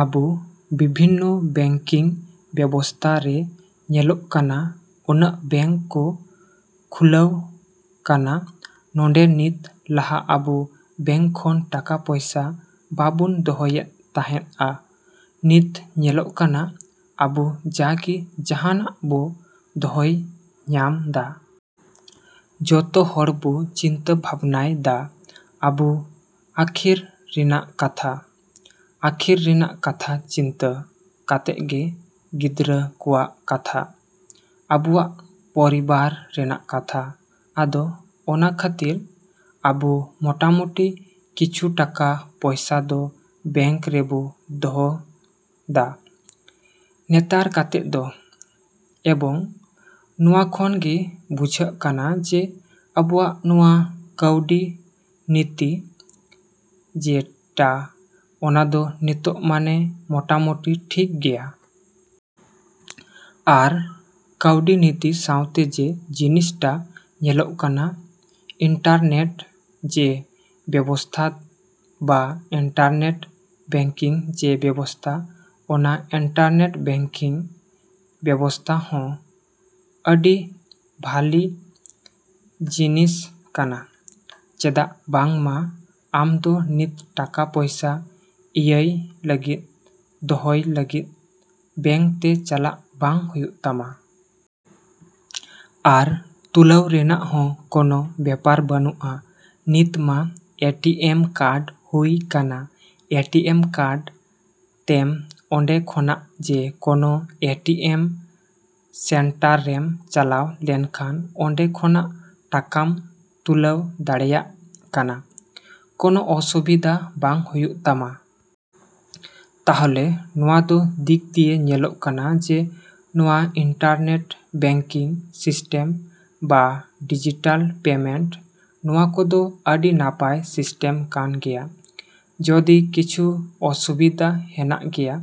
‎ᱟᱵᱚ ᱵᱤᱵᱷᱤᱱᱱᱚ ᱵᱮᱝᱠᱤᱝ ᱵᱮᱵᱚᱥᱛᱟ ᱨᱮ ᱧᱮᱞᱚᱜ ᱠᱟᱱᱟ, ᱩᱱᱟᱹᱜ ᱵᱮᱝᱠ ᱠᱚ ᱠᱷᱩᱞᱟᱹᱣ ᱠᱟᱱᱟ ᱱᱚᱰᱮ ᱱᱤᱛ ᱞᱟᱦᱟ ᱟᱵᱚ ᱵᱮᱝᱠ ᱠᱷᱚᱱ ᱴᱟᱠᱟ ᱯᱚᱭᱥᱟ ᱵᱟᱵᱚᱱ ᱫᱚᱦᱚᱭᱮᱫ ᱛᱟᱦᱮᱸᱜᱼᱟ, ᱱᱤᱛ ᱧᱮᱞᱚᱜ ᱠᱟᱱᱟ ᱟᱵᱚ ᱡᱟᱜᱮ ᱡᱟᱦᱟᱸᱱᱟᱜ ᱵᱚ ᱫᱚᱦᱚᱭ ᱧᱟᱢ ᱫᱟ᱾ ᱡᱚᱛᱚ ᱦᱚᱲ ᱵᱚ ᱪᱤᱱᱛᱟᱹ ᱵᱷᱟᱵᱽᱱᱭ ᱫᱟ ᱟᱵᱚ ᱟᱠᱷᱤᱨ ᱨᱮᱱᱟᱜ ᱠᱟᱛᱷᱟ, ᱟᱠᱷᱤᱨ ᱨᱮᱱᱟᱜ ᱠᱟᱛᱷᱟ ᱪᱤᱱᱛᱟᱹ ᱠᱟᱛᱮᱜ ᱜᱮ ᱜᱤᱫᱽᱨᱟᱹ ᱠᱚᱣᱟᱜ ᱠᱟᱛᱷᱟ, ᱟᱵᱚᱣᱟᱜ ᱯᱚᱨᱤᱵᱟᱨ ᱨᱮᱱᱟᱜ ᱠᱟᱛᱷᱟ ᱟᱫᱚ ᱚᱱᱟ ᱠᱷᱟᱹᱛᱤᱨ ᱟᱵᱚ ᱢᱚᱴᱟᱢᱩᱴᱤ ᱠᱤᱪᱷᱩ ᱴᱟᱠᱟ ᱯᱚᱭᱥᱟ ᱫᱚ ᱵᱮᱝᱠ ᱨᱮᱵᱚ ᱫᱚᱦᱚᱭ ᱫᱟ ᱱᱮᱛᱟᱨ ᱠᱟᱛᱮᱜ ᱫᱚ, ᱮᱵᱚᱝ ᱱᱚᱣᱟ ᱠᱷᱚᱱ ᱜᱮ ᱵᱩᱡᱷᱟᱹᱜ ᱠᱟᱱᱟ ᱡᱮ ᱟᱵᱚᱣᱟᱜ ᱱᱚᱣᱟ ᱠᱟᱹᱣᱰᱤ ᱱᱤᱛᱤ ᱡᱮᱴᱟ ᱚᱱᱟ ᱫᱚ ᱱᱤᱛᱚᱜ ᱢᱟᱱᱮ ᱢᱚᱴᱟᱢᱩᱴᱤ ᱴᱷᱤᱠ ᱜᱮᱭᱟ᱾ ᱟᱨ ᱠᱟᱣᱰᱤ ᱱᱤᱛᱤ ᱥᱟᱶᱛᱮ ᱡᱮ ᱡᱤᱱᱤᱥᱴᱟ ᱧᱮᱞᱚᱜ ᱠᱟᱱᱟ ᱤᱱᱴᱟᱨᱱᱮᱹᱴ ᱡᱮ ᱵᱮᱵᱚᱥᱛᱷᱟ ᱵᱟ ᱤᱱᱴᱟᱨᱱᱮᱹᱴ ᱵᱮᱝᱠᱤᱝ ᱡᱮ ᱵᱮᱵᱚᱥᱛᱟ ᱚᱱᱟ ᱤᱱᱴᱟᱨᱱᱮᱹᱴ ᱵᱮᱝᱠᱤᱝ ᱵᱮᱵᱚᱥᱛᱟ ᱦᱚᱸ ᱟᱰᱤ ᱵᱷᱟᱞᱮ ᱡᱤᱱᱤᱥ ᱠᱟᱱᱟ᱾ ᱪᱮᱫᱟᱜ ᱵᱟᱝᱢᱟ ᱟᱢᱫᱚ ᱱᱤᱛ ᱴᱟᱠᱟ ᱯᱚᱭᱥᱟ ᱤᱭᱟᱹᱭ ᱞᱟᱹᱜᱤᱫ, ᱫᱚᱦᱚᱭ ᱞᱟᱹᱜᱤᱫ ᱵᱮᱝᱠ ᱛᱮ ᱪᱟᱞᱟᱜ ᱵᱟᱝ ᱦᱩᱭᱩᱜ ᱛᱟᱢᱟ᱾ ᱟᱨ ᱛᱩᱞᱟᱹᱣ ᱨᱮᱱᱟᱜ ᱦᱚᱸ ᱠᱚᱱᱚ ᱵᱮᱯᱟᱨ ᱵᱟᱱᱩᱜᱼᱟ ᱱᱤᱛ ᱢᱟ ᱮ ᱴᱤ ᱮᱢ ᱠᱟᱨᱰ ᱦᱩᱭ ᱠᱟᱱᱟ ᱮ ᱴᱤ ᱮᱢ ᱠᱟᱨᱰ ᱛᱮᱢ ᱚᱸᱰᱮ ᱠᱷᱚᱱᱟᱜ ᱡᱮ ᱠᱳᱱᱳ ᱮ ᱴᱤ ᱮᱢ ᱥᱮᱱᱴᱟᱨᱮᱢ ᱪᱟᱞᱟᱣ ᱞᱮᱱᱠᱷᱟᱱ ᱚᱸᱰᱮ ᱠᱷᱚᱱᱟᱜ ᱴᱟᱠᱟᱢ ᱛᱩᱞᱟᱹᱣ ᱫᱟᱲᱮᱭᱟᱜ ᱠᱟᱱᱟ, ᱠᱚᱱᱚ ᱚᱥᱩᱵᱤᱫᱟ ᱵᱟᱝ ᱦᱩᱭᱩᱜ ᱛᱟᱢᱟ᱾ ᱛᱟᱞᱦᱮ ᱱᱚᱣᱟ ᱠᱚ ᱫᱤᱠ ᱫᱤᱭᱮ ᱧᱮᱞᱚᱜ ᱠᱟᱱᱟ ᱡᱮ ᱱᱚᱣᱟ ᱤᱱᱴᱟᱨᱱᱮᱹᱴ ᱵᱮᱝᱠᱤᱝ ᱥᱤᱥᱴᱮᱢ ᱵᱟ ᱰᱤᱡᱤᱴᱟᱞ ᱯᱮᱢᱮᱱᱴ ᱱᱚᱣᱟ ᱠᱚᱫᱚ ᱟᱰᱤ ᱱᱟᱯᱟᱭ ᱥᱤᱥᱴᱮᱢ ᱠᱟᱱ ᱜᱮᱭᱟ, ᱡᱚᱫᱤ ᱠᱤᱪᱷᱩ ᱚᱥᱵᱤᱫᱟ ᱦᱮᱱᱟᱜ ᱜᱮᱭᱟ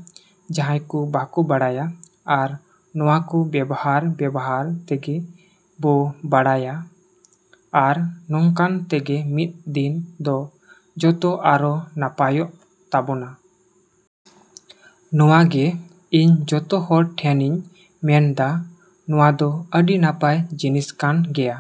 ᱡᱟᱦᱟᱸᱭ ᱠᱚ ᱵᱟᱵᱚ ᱵᱟᱲᱟᱭᱟ, ᱟᱨ ᱱᱚᱣᱟ ᱠᱚ ᱵᱮᱵᱚᱦᱟᱨ ᱵᱮᱵᱚᱦᱟᱨ ᱛᱮᱜᱮ ᱵᱚ ᱵᱟᱲᱟᱭ ᱟᱨ ᱱᱚᱝᱠᱟ ᱛᱮᱜᱮ ᱢᱤᱫ ᱫᱤᱱ ᱫᱚ ᱡᱚᱛᱚ ᱟᱨᱚ ᱱᱟᱯᱟᱭᱚᱜ ᱛᱟᱵᱚᱱᱟ᱾ ᱱᱚᱣᱟ ᱜᱮ ᱤᱧ ᱡᱚᱛᱚ ᱦᱚᱲ ᱴᱷᱮᱱᱤᱧ ᱢᱮᱱ ᱫᱟ ᱱᱚᱣᱟ ᱫᱚ ᱟᱰᱤ ᱱᱟᱯᱟᱭ ᱡᱤᱱᱤᱥ ᱠᱟᱱ ᱜᱮᱭᱟ᱾।